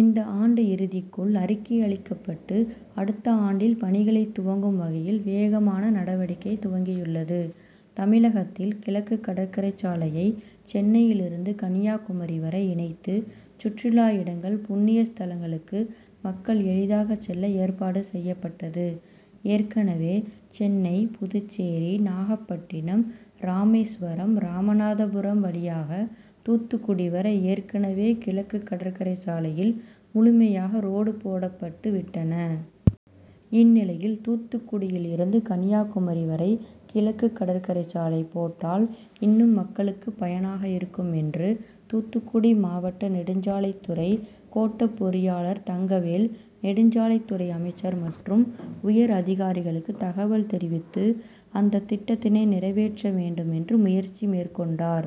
இந்த ஆண்டு இறுதிக்குள் அறிக்கை அளிக்கப்பட்டு அடுத்த ஆண்டில் பணிகளை துவக்கும் வகையில் வேகமான நடவடிக்கை துவங்கியுள்ளது. தமிழகத்தில் கிழக்கு கடற்கரை சாலையை சென்னையில் இருந்து கன்னியாகுமரி வரை இணைத்து சுற்றுலா இடங்கள், புண்ணிய ஸ்தலங்களுக்கு மக்கள் எளிதாக செல்ல ஏற்பாடு செய்யப்பட்டது. ஏற்கனவே சென்னை, புதுச்சேரி, நாகப்பட்டினம், ராமேஸ்வரம், ராமநாதபுரம் வழியாக தூத்துக்குடி வரை ஏற்கனவே கிழக்கு கடற்கரை சாலையில் முழுமையாக ரோடு போடப்பட்டு விட்டன. இந் நிலையில் தூத்துக்குடியில் இருந்து கன்னியாகுமரி வரை கிழக்குகடற்கரை சாலை போட்டால் இன்னும் மக்களுக்கு பயனாக இருக்கும் என்று தூத்துக்குடி மாவட்ட நெடுஞ்சாலைத்துறை கோட்ட பொறியாளர் தங்கவேல், நெடுஞ்சாலைத்துறை அமைச்சர் மற்றும் உயர் அதிகாரிகளுக்கு தகவல் தெரிவித்து, அந்த திட்டத்தினை நிறைவேற்ற வேண்டும் என்று முயற்சி மேற்கொண்டார்.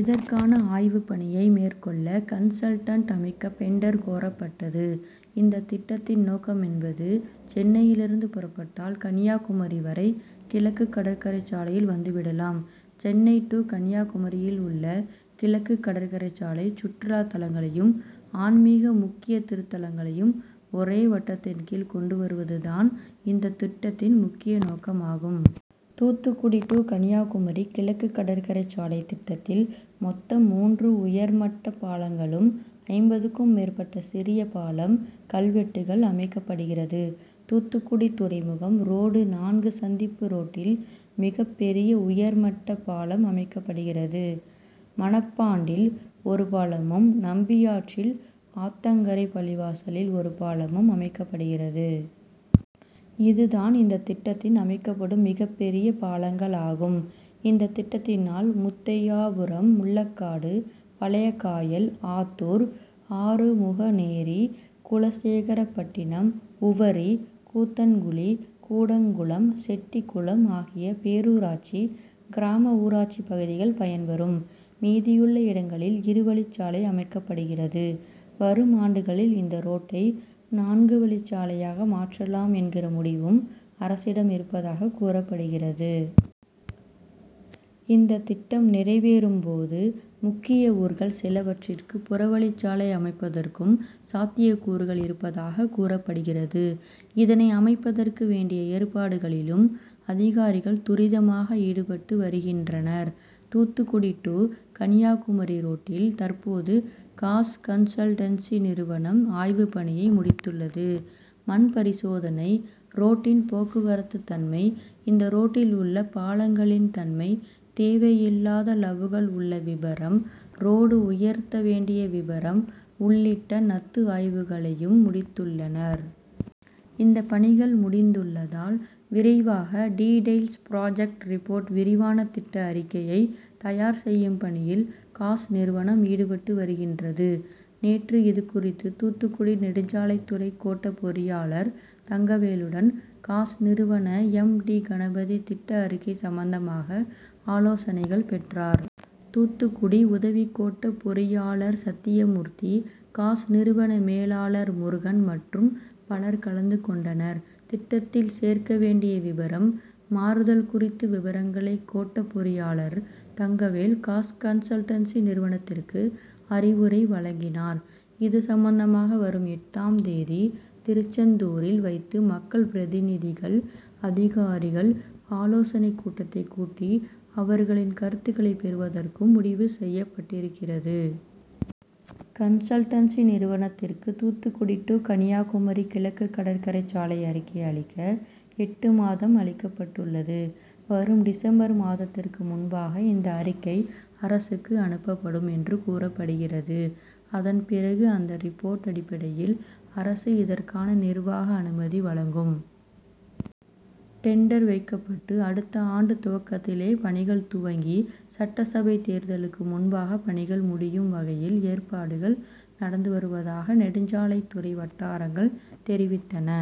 இதற்கான ஆய்வுப் பணியை மேற்கொள்ள கன்சல்டன்ட் அமைக்க டெண்டர் கோரப்பட்டது. இந்த திட்டத்தின் நோக்கம் என்பது சென்னையில் இருந்து புறப்பட்டால் கன்னியாகுமரி வரை கிழக்கு கடற்கரை சாலையில் வந்து விடலாம். சென்னை டூ கன்னியாகுமரியில் உள்ள கிழக்கு கடற்கரை சாலை சுற்றுலா தலங்களையும், ஆன்மிக முக்கிய திருத்தலங்களையும் ஒரே வட்டத்தின் கீழ் கொண்டுவருவது தான் இந்த திட்டத்தின் முக்கிய நோக்கமாகும். தூத்துக்குடி டூ கன்னியாகுமரி கிழக்கு கடற்கரை சாலை திட்டத்தில் மொத்தம் மூன்று உயர்மட்ட பாலங்களும், ஐம்பதுக்கும் மேற்பட்ட சிறிய பாலம், கல்வெட்டுகள் அமைக்கப்படுகிறது. தூத்துக்குடி துறைமுகம் ரோடு நான்கு சந்திப்பு ரோட்டில் மிகப் பெரிய உயர்மட்ட பாலம் அமைக்கப்படுகிறது. மணப்பாண்டில் ஒரு பாலமும், நம்பியாற்றில், ஆத்தங்கரை பள்ளிவாசலில் ஒரு பாலமும் அமைக்கப்படுகிறது. இது தான் இந்த திட்டத்தில் அமைக்கப்படும் மிகப் பெரிய பாலங்களாகும். இந்த திட்டத்தினால் முத்தையாபுரம், முள்ளக்காடு, பழையகாயல், ஆத்தூர், ஆறுமுகநேரி, குலசேகரப்பட்டணம், உவரி, கூத்தன்குளி, கூடங்குளம், செட்டிகுளம் ஆகிய பேரூராட்சி, கிராம ஊராட்சி பகுதிகள் பயன் பெறும். மீதியுள்ள இடங்களில் இருவழிச்சாலை அமைக்கப்படுகிறது. வரும் ஆண்டுகளில் இந்த ரோட்டை நான்கு வழிச்சாலையாக மாற்றலாம் என்கிற முடிவும் அரசிடம் இருப்பதாக கூறப்படுகிறது. இந்த திட்டம் நிறைவேறும் போது முக்கிய ஊர்கள் சிலவற்றிற்கு புறவழிச்சாலை அமைப்பதற்கும் சாத்தியக்கூறுகள் இருப்பதாக கூறப்படுகிறது. இதனை அமைப்பதற்கு வேண்டிய ஏற்பாடுகளிலும் அதிகாரிகள் துரிதமாக ஈடுபட்டு வருகின்றனர். தூத்துக்குடி டூ கன்னியாகுமரி ரோட்டில் தற்போது காஸ் கன்சல்டன்சி நிறுவனம் ஆய்வு பணியை முடித்துள்ளது. மண்பரிசோதனை, ரோட்டின் போக்குவரத்து தன்மை, இந்த ரோட்டில் உள்ள பாலங்களின் தன்மை, தேவையில்லாத ளவுகள் உள்ள விபரம், ரோடு உயர்த்த வேண்டிய விபரம் உள்ளிட்ட னத்து ஆய்வுகளையும் முடி த் துள்ளனர். இந்த பணிகள் முடிந்துள்ளதால் விரைவாக டீடெய்ல்ஸ் புராஜெக்ட் ரிப்போர்ட் விரிவான திட்ட அறிக்கையை தயார் செய்யும் பணியில் காஸ் நிறுவனம் ஈடுபட்டு வருகின்றது. நேற்று இது குறித்து தூத்துக்குடி நெடுஞ்சாலைத்துறை கோட்ட பொறியாளர் தங்கவேலுடன் காஸ் நிறுவன எம். டி கணபதி திட்ட அறிக்கை சம்பந்தமாக ஆலோசனைகள் பெற்றார். தூத்துக்குடி உத வி கோட்ட பொறியாளர் சத்தியமூர்த்தி, காஸ் நிறுவன மேலாளர் முருகன் மற்றும் பலர் கலந்து கொண்டனர். திட்டத்தில் சேர்க்க வேண்டிய விபரம், மாறுதல் குறி த்த விபரங்களை கோட்ட பொறியாளர் தங்கவேல் காஸ் கன்சல்டன்சி நிறுவனத்திற்கு அறிவுரை வழங்கினார். இது சம்பந்தமாக வரும் எட்டாம் தேதி திருச்செந்தூரில் வைத்து மக்கள் பிரதிநிதிகள், அதிகாரிகள் ஆலோசனைக் கூட்டத்தை கூட்டி அவர்களின் கருத்துக்களை பெறுவதற்கும் முடிவு செய்யப்பட்டிருக்கிறது. கன்சல்டன்சி நிறுவனத்திற்கு தூத்துக்குடி டூ கன்னியாகுமரி கிழக்கு கடற்கரை சாலை அறிக்கை அளிக்க எட்டு மாதம் அளிக்கப்பட்டுள்ளது. வரும் டிசம்பர் மாதத்திற்கு முன்பாக இந்த அறி க்கை அரசுக்கு அனுப்பப்படும் என்று கூறப்படுகிறது. அத ன் பிறகு அந்த ரிப்போர்ட் அடிப்படையில் அரசு இதற்கான நிர்வாக அனுமதி வழங்கும். டெண்டர் வைக்கப்பட்டு அடுத்த ஆண்டு துவக்கத்திலே பணிகள் துவ ங்கி சட்டசபை தேர்தலுக்கு முன்பாக பணிகள் முடியும் வகையில் ஏற்பாடுகள் நடந் து வருவதாக நெடுஞ்சாலை த்துறை வட்டாரங்கள் தெரிவித்தன.